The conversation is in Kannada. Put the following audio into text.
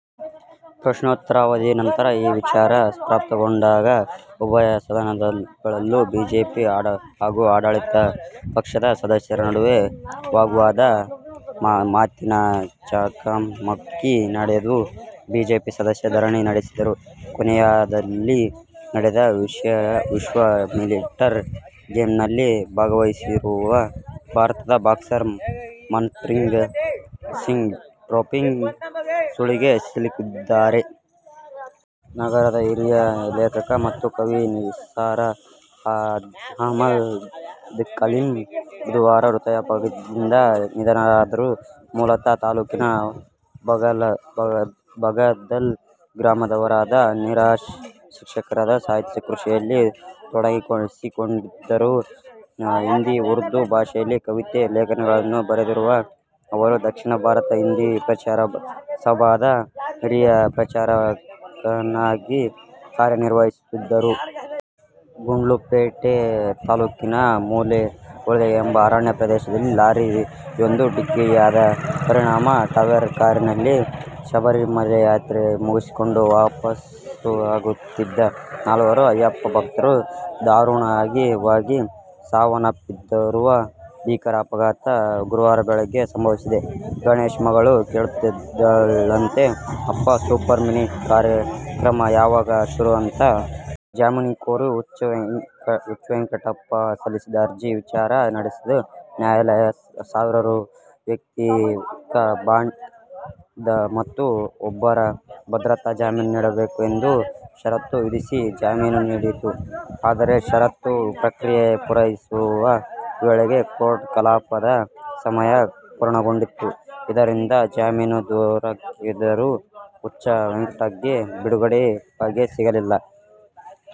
ಪ್ರಶ್ನೋತ್ತರ ಅವಧಿ ನಂತರ ಈ ವಿಚಾರ ಪ್ರಸ್ತಾಪಗೊಂಡಾಗ ಉಭಯ ಸದನಗಳಲ್ಲೂ ಬಿಜೆಪಿ ಹಾಗೂ ಆಡಳಿತ ಪಕ್ಷದ ಸದಸ್ಯರ ನಡುವೆ ವಾಗ್ವಾದ, ಮಾತಿನ ಚಕಮಕಿ ನಡೆದು, ಬಿಜೆಪಿ ಸದಸ್ಯರು ಧರಣಿ ನಡೆಸಿದರು. ಕೊರಿಯಾದಲ್ಲಿ ನಡೆದ ವಿಶ್ವ ಮಿಲಿಟರಿ ಗೇಮ್ಸ್ನಲ್ಲಿ ಭಾಗವಹಿಸಿರುವ ಭಾರತದ ಬಾಕ್ಸರ್ ಮನ್ಪ್ರೀತ್ ಸಿಂಗ್ ಡೋಪಿಂಗ್ ಸುಳಿಗೆ ಸಿಲುಕಿದ್ದಾರೆ. ನಗರದ ಹಿರಿಯ ಲೇಖಕ ಮತ್ತು ಕವಿ ನಿಸಾರ್ ಅಹ್ಮದ್ ಕಲಿಂ ಬುಧವಾರ ಹೃದಯಾಘಾತದಿಂದ ನಿಧನರಾದರು. ಮೂಲತಃ ತಾಲೂಕಿನ ಬಗದಲ್ ಗ್ರಾಮದವರಾದ ನಿಸಾರ್ ಶಿಕ್ಷಕರಾಗಿ ಸಾಹಿತ್ಯ ಕೃಷಿಯಲ್ಲಿ ತೊಡಗಿಸಿಕೊಂಡಿದ್ದರು. ಹಿಂದಿ, ಉರ್ದು ಭಾಷೆಯಲ್ಲಿ ಕವಿತೆ, ಲೇಖನಗಳನ್ನು ಬರೆದಿರುವ ಅವರು ದಕ್ಷಿಣ ಭಾರತ ಹಿಂದಿ ಪ್ರಚಾರ ಸಭಾದ ಹಿರಿಯ ಪ್ರಚಾರಕರಾಗಿ ಕಾರ್ಯ ನಿರ್ವಹಿಸುತ್ತಿದ್ದರು. ಗುಂಡ್ಲುಪೇಟೆ ತಾಲೂಕಿನ ಮೂಲೆ ಹೊಳೆ ಎಂಬ ಅರಣ್ಯ ಪ್ರದೇಶದಲ್ಲಿ ಲಾರಿ ಯೊಂದು ಡಿಕ್ಕಿಯಾದ ಪರಿಣಾಮ ಟವೇರಾ ಕಾರಿನಲ್ಲಿ ಶಬರಿಮಲೆಯಾತ್ರೆ ಮುಗಿಸಿಕೊಂಡು ವಾಪಾಸಾಗುತ್ತಿದ್ದ ನಾಲ್ವರು ಅಯ್ಯಪ್ಪ ಭಕ್ತರು ದಾರುಣವಾಗಿ ಸಾವನ್ನಪ್ಪಿರುವ ಭೀಕರ ಅಪಘಾತ ಗುರುವಾರ ಬೆಳಗ್ಗೆ ಸಂಭವಿಸಿದೆ. ಗಣೇಶ್ ಮಗಳು ಕೇಳುತ್ತಿದ್ದಳಂತೆ, ಅಪ್ಪಾ "ಸೂಪರ್ ಮಿನಿಟ್' ಕಾರ್ಯಕ್ರಮ ಯಾವಾಗಿಂದ ಶುರು ಅಂತ. ಜಾಮೀನು ಕೋರಿ ಹುಚ್ಚ ವೆಂಕಟ್ ಸಲ್ಲಿಸಿದ್ದ ಅರ್ಜಿ ವಿಚಾರಣೆ ನಡೆಸಿದ ನ್ಯಾಯಾಲಯ ಸಾವಿರ ರೂ. ವೈಯಕ್ತಿಕಬಾಂಡ್ ಮತ್ತು ಒಬ್ಬರ ಭದ್ರತಾ ಜಾಮೀನು ನೀಡಬೇಕು ಎಂದು ಷರತ್ತು ವಿಧಿಸಿ ಜಾಮೀನು ನೀಡಿತು. ಆದರೆ, ಷರತ್ತು ಪ್ರಕ್ರಿಯೆ ಪೂರೈಸುವ ವೇಳೆಗೆ ಕೋರ್ಟ್ ಕಲಾಪದ ಸಮಯ ಪೂರ್ಣಗೊಂಡಿತ್ತು. ಇದರಿಂದ ಜಾಮೀನು ದೊರಕಿದರೂ ಹುಚ್ಚ ವೆಂಕಟ್ಗೆ ಬಿಡುಗಡೆ ಭಾಗ್ಯ ಸಿಗಲಿಲ್ಲ.